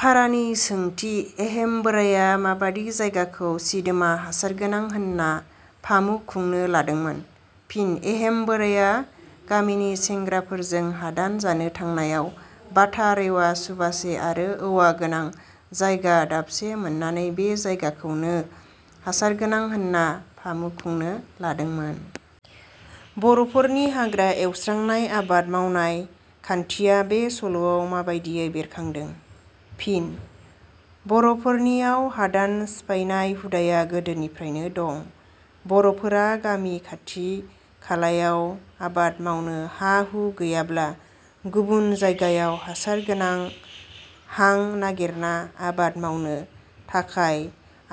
फारानि सोंथि. एहेम बोराइया माबादि जायगाखौ सिदोमा हासारगोनां होनना फामु खुंनो लादोंमोन? फिनः एहेम बोराया गामिनि सेंग्राफोरजों हादान जानो थांनायाव बाथा रेवा सुबासे आरो औवागोनां जायगा दाबसे मोननानै बे जायगाखौनो हासारगोनां होनना फामु खुंनो लादोंमोन।. बर'फोरनि हाग्रा एवस्रांनाय आबाद मावनाय खान्थिया बे सल'आव माबादियै बेरखांदों? फिन: बरफोरनियाव हादान सिफायनाय हुदाया गोदोनिफ्रायनो दं। बर'फोरा गामि खाथि खालायाव आबाद मावनो हा-हु गैयाब्ला गुबुन जायगायाव हासार गोनां हां नागिरना आबाद मावनो थाखाय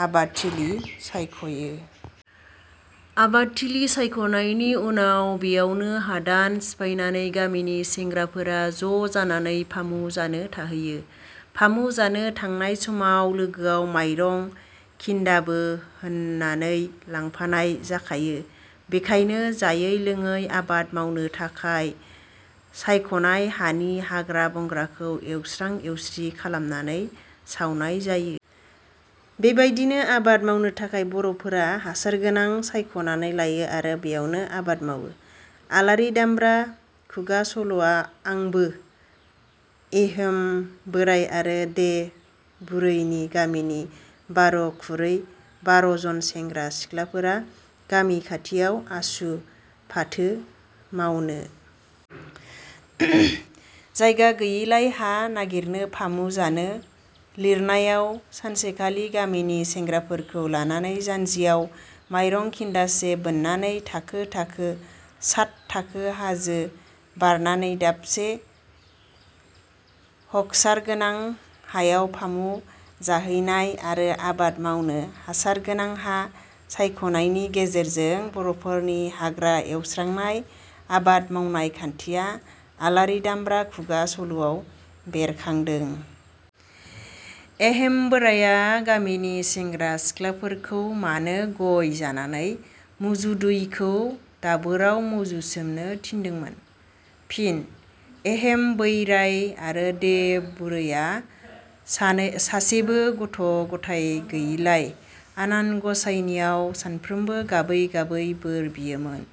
आबादथिलि सायखयो। आबादथिलि सायखनायनि उनाव बेयावनो हादान सिफायनो गामिनि सेंग्राफोरा ज' जानानै फामु जानो थाहैयो। फामु जानो थांनाय समाव लोगोआव मायरं खिन्दाबो होननानै लांफानाय जाखायो। बेयावनो जायै लोंयै आबाद मावनो थाखाय सायखनाय हानि हाग्रा बंग्राखौ एवस्रां एवस्रिं खालामनानै सावनाय जायो। बेबादिनो आबाद मावनो थाखाय बर'फोरा हासारगोनां सायखनानै लायो आरो बेयावनो आबाद मावो। आलारि दामब्रा खुगा सल' आंबो एहेम बोराइ आरो दे बुरैनि गामिनि बार' खुरै बार'जन सेंग्रा सिख्लाफोरा गामि खाथियाव आसु, फाथो मावनो जायगा गैयिलाय हा नागिरनो फामु जानो लिरनायाव सानसेखालि गामिनि सेंग्राफोरखौ लानानै जान्जियाव माइरं खिन्दासे बोननानै थाखो थाखो साथ थाखो हाजो बारनानै दाबसे हखसारगोनां हायाव फामु जाहैनाय आरो आबाद मावनो हासार गोनां हा सायखनायनि गेजेरजों बर'फोरनि हाग्रा एवस्रांनाय आबाद मावनाय खान्थिया आलारि दामब्रा खुगा सल'आव बेरखांदों।. एहेम बोराइया गामिनि सेंग्रा-सिख्लाफोरखौ मानो गइ जानानै मुजुदैखौ दाबोराव मुजुसोमनो थिनदोंमोन? फिन: एहेम बैराइ आरो दे बुरैया सासेबो गथ' गथाय गैयिलाय आनान गसाइनियाव सानफ्रोमबो गाबै गाबै बोर बियोमोन।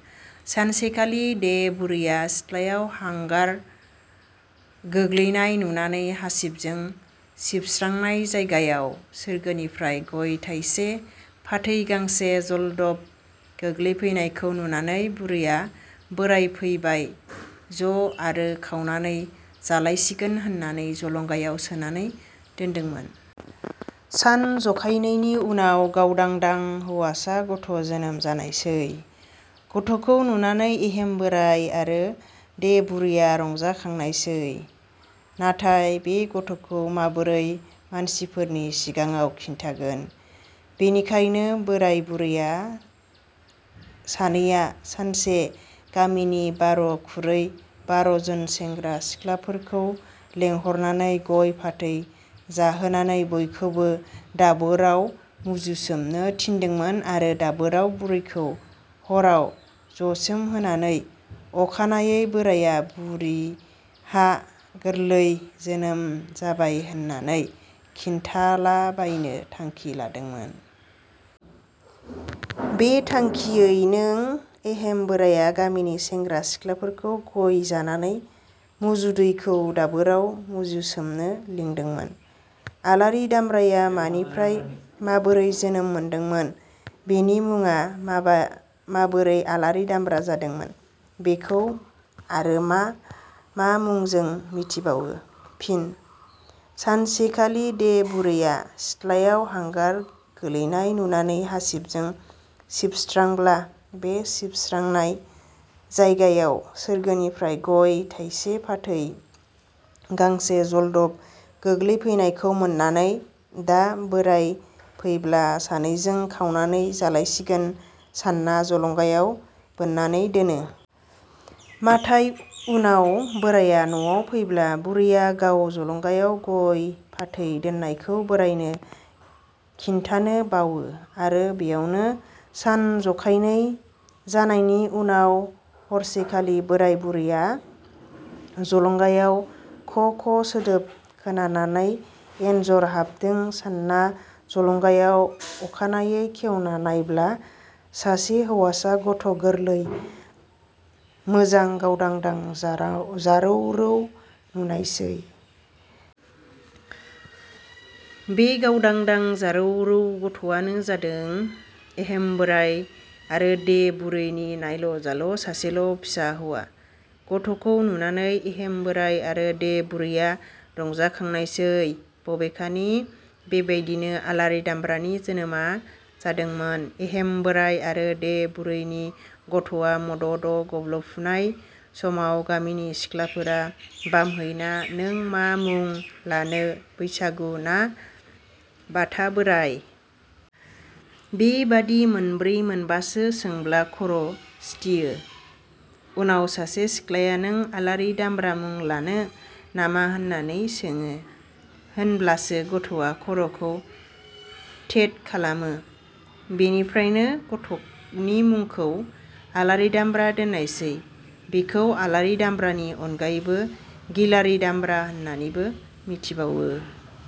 सानसेखालि दे बुरैया सिथ्लायाव हांगार गोग्लैनाय नुनानै हासिबजों सिबस्रांनाय जायगायाव सोरगोनिफ्राइ गय थाइसे फाथै गांसे जलदब गोग्लैफैनायखौ नुनानै बुरैया बोराय फैबाय ज' आरो खावनानै जालायसिगोन होननानै जलंगायाव सोनानै दोन्दोंमोन। सान जखायनैनि उनाव गावदां दां हौवासा गथ' जोनोम जानायसै। गथखौ नुनानै एहेम बोराइ आरो दे बुरैया रंजाखांनाय सै। नाथाय बे गथ'खौ माबोरै मानसिफोरनि सिगाङाव खिन्थागोन? बेनिखाइनो, बोराय बुरै सानैया सानसे गामिनि बार' खुरै बार'जोन सेंग्रा सिख्लाफोरखौ लेंहरनानै गइ फाथै जाहोनानै बयखौबो दाबोराव मुजुसोमनो थिनदोंमोन आरो दाबोराव बुरैखौ हराव जसोमहोनानै अखानायै बोराइया "बुरिहा गोरलै जोनोम जाबाय" होननानै खिन्थालाबायनो थांखि लादोंमोन। बे थांखियै नों एहेम बोराया गामिनि सेंग्रा सिख्लाफोरखौ गय जानानै मुजुदैखौ दाबोराव मुजुसोमनो लिंदोंमोन।. आलारि दामब्राया मानिफ्राय माबोरै जोनोम मोनदोंमोन? बिनि मुङा माबोरै आलारि दामब्रा जादोंमोन? बेखौ आरो मा मा मुंजों मिथिबावो? फिनः सानसेखालि दे बुरैया सिथलायाव हांगार गोलैनाय नुनानै हासिबजों सिबस्रांब्ला बे सिबस्रांनाय जायगायाव सोरगोनिफ्राय गय थाइसे फाथै गांसे जलदब गोग्लैफैनायखौ मोननानै दा बोराइ फैब्ला सानैजों खावनानै जालायसिगोन सानना जलंगायाव बोननानै दोनो। माथाय उनाव बोराइया नवाव फैब्ला बुरैया गाव जलंगायाव गय फाथै दोननायखौ बोराइनो खिन्थानो बावो आरो बेयावनो सान जखायनै जानायनि उनाव हरसेखालि बोराइ बुरैया जलंगायाव ख ख सोदोब खोनानानै एनजर हाबदों सानना जलंगायाव अखानायै बेखेवना नायब्ला सासे हौवासा गथ' गोरलै मोजां गावदांदां जारौ रौ नुनायसै। बे गावदांदां जारौ रौ गथ'वानो जादों एहेम बोराइ आरो दे बुरैनि नायल' जाल' सासेल' फिसा हौवा। गथ'खौ नुनानै एहेम बोराइ आरो दे बुरैया रंजाखांनायसै। बबेखानि बेबादिनो आलारि दामब्रानि जोनोमा जादोंमोन। एहेम बोराइ आरो दे बुरैनि गथ'वा मद'द' गब्ल'फुनाय समाव गामिनि सिख्लाफोरा बामहैना नों मा मुं लानो बैसागु ना बाथा बोराइ? बेबादि मोनब्रै मोनबासो सोंब्ला खर' सिथियो। उनाव सासे सिख्लाया नों आलारि दामब्रा मुं लानो नामा होननानै सोङो, होनब्लासो गथ'वा खर'खौ थेद खालामो। बेनिफ्रायनो गथ'नि मुखौ आलारि दामब्रा दोननायसै। बिखौ आलारि दामब्रानि अनगायैबो गिलारि दामब्रा होननानैबो मिथिबावो।